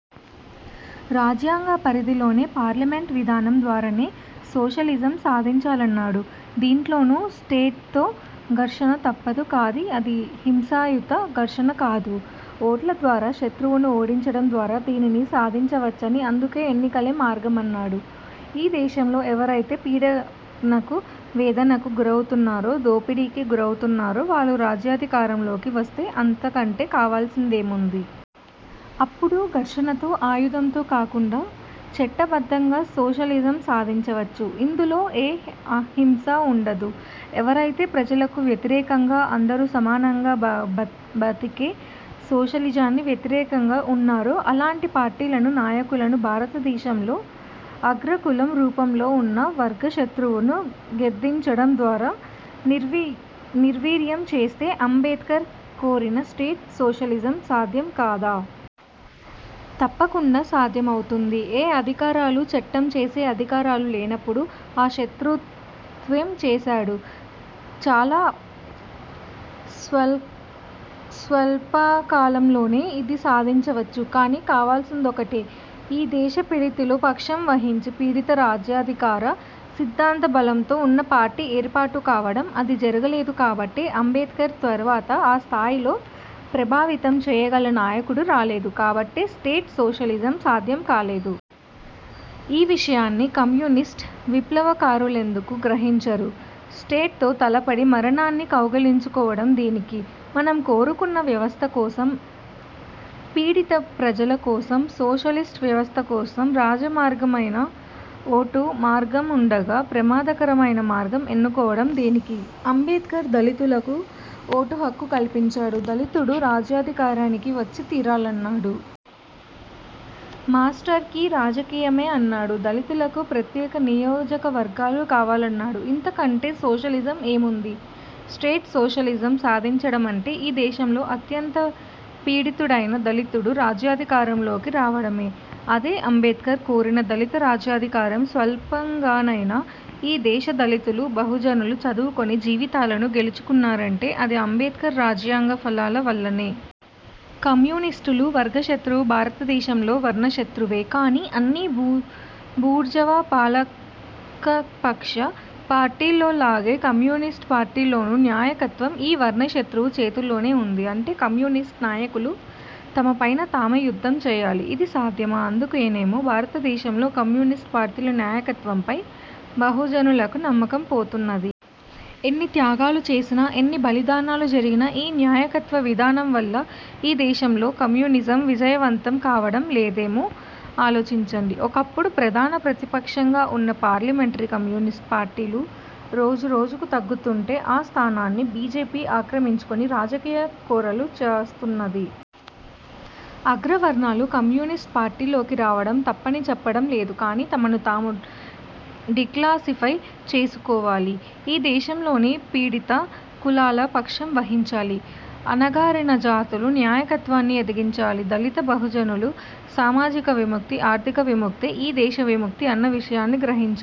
రాజ్యాంగ పరిధిలోనే, పార్లమెంటరీ విధానం ద్వారానే సోషలిజం సాధించాలన్నాడు. దీంట్లోనూ స్టేట్తో ఘర్షణ తప్పదు కాని అది హింసాయుత ఘర్షణ కాదు. ఓట్ల ద్వారా శత్రువును ఓడించడం ద్వారా దీనిని సాధించవచ్చనీ, అందుకు ఎన్నికలే మార్గమన్నాడు. ఈ దేశంలో ఎవరైతే పీడనకు వేదనకు గురవుతున్నారో, దోపిడీకి గురవుతున్నారో వాళ్ళు రాజ్యాధికారంలోకి వస్తే అంతకంటే కావాల్సిందేముంది? అప్పుడు ఘర్షణతో, ఆయుధంతో కాకుండా చట్టబద్ధంగా సోషలిజం సాధించవచ్చు. ఇందులో ఏ హింసా ఉండదు. ఎవరైతే ప్రజలకు వ్యతిరేకంగా, అందరూ సమానంగా బతికే సోషలిజానికి వ్యతిరేకంగా ఉన్నారో అలాంటి పార్టీలను, నాయకులను, భారతదేశంలో అగ్రకులం రూపంలో ఉన్న వర్గశత్రువును గద్దెదించడం ద్వారా నిర్వీర్యం చేస్తే అంబేద్కర్ కోరిన స్టేట్ సోషలిజం సాధ్యం కాదా? తప్పకుండా సాధ్యమవుతుంది. ఏ అధికారాలూ, చట్టం చేసే అధికారాలూ లేనప్పుడు ఆ శత్రువేం చేస్తాడు. చాలా స్వల్పకాలంలోనే ఇది సాధించవచ్చు. కానీ, కావాల్సిందొకటే. ఈ దేశ పీడితుల పక్షం వహించి పీడిత రాజ్యాధికార సిద్ధాంత బలంతో ఉన్న పార్టీ ఏర్పాటు కావడం. అది జరుగలేదు కాబట్టే, అంబేద్కర్ తర్వాత ఆ స్థాయిలో ప్రభావితం చేయగల నాయకుడు రాలేదు కాబట్టే, స్టేట్ సోషలిజం సాధ్యం కాలేదు. ఈ విషయాన్ని కమ్యునిస్టు విప్లవకారులెందుకు గ్రహించరు? స్టేట్తో తలపడి మరణాన్ని కౌగిలించుకోవడం దేనికి? మనం కోరుకున్న వ్యవస్థ కోసం, పీడిత ప్రజల కోసం, సోషలిస్టు వ్యవస్థ కోసం రాజమార్గమైన ఓటు మార్గముండగా ప్రమాదకరమైన మార్గం ఎన్నుకోవడం దేనికి? అంబేద్కర్ దళితులకు ఓటు హక్కు కల్పించాడు. దళితుడు రాజ్యాధికారానికి వచ్చి తీరాలన్నాడు. మాస్టర్కీ రాజకీయమే అన్నాడు. దళితులకు ప్రత్యేక నియోజకవర్గాలు కావాలన్నాడు. ఇంతకంటే సోషలిజం ఏముంది? స్టేట్ సోషలిజం సాధించడమంటే ఈ దేశంలో అత్యంత పీడితుడైన దళితుడు రాజ్యాధికారంలోకి రావడమే. అదే అంబేద్కర్ కోరిన దళిత రాజ్యాధికారం. స్వల్పంగానైనా ఈ దేశ దళితులు, బహుజనులు చదువుకొని జీవితాలను గెలుచుకున్నారంటే అది అంబేద్కర్ రాజ్యాంగ ఫలాల వల్లనే. కమ్యునిస్టుల వర్గశత్రువు భారతదేశంలో వర్ణశత్రువే. కాని అన్ని బూర్జువా పాలకపక్ష పార్టీల్లోల్లాగే కమ్యునిస్టు పార్టీల్లోనూ నాయకత్వం ఈ వర్ణశత్రువు చేతుల్లోనే ఉంది. అంటే కమ్యునిస్టు నాయకులు తమపైన తామే యుద్ధం చేయాలి. ఇది సాధ్యమా? అందుకేనేమో భారతదేశంలో కమ్యునిస్టు పార్టీల నాయకత్వంపై బహుజనులకు నమ్మకం పోతున్నది. ఎన్ని త్యాగాలు చేసినా, ఎన్ని బలిదానాలు జరిగినా ఈ నాయకత్వ విధానం వల్ల ఈ దేశంలో కమ్యునిజం విజయవంతం కావడం లేదేమో ఆలోచించండి. ఒకప్పుడు ప్రధాన ప్రతిపక్షంగా ఉన్న పార్లమెంటరీ కమ్యునిస్టు పార్టీలు, రోజురోజుకూ తగ్గుతుంటే, ఆ స్థానాన్ని బి. జె. పి ఆక్రమించుకొని రాజకీయ కోరలు చాస్తున్నది. అగ్రవర్ణాలు కమ్యునిస్టు పార్టీల్లోకి రావడం తప్పని చెప్పడం లేదు కానీ, తమను తాము డీక్లాసిఫై చేసుకోవాలి. ఈ దేశంలోని పీడిత కులాల పక్షం వహించాలి. అణగారిన జాతుల నాయకత్వాన్ని ఎదిగించాలి. దళిత బహుజనుల సామాజిక విముక్తి, ఆర్థిక విముక్తే ఈ దేశ విముక్తి అన్న విషయాన్ని గ్రహించాలి.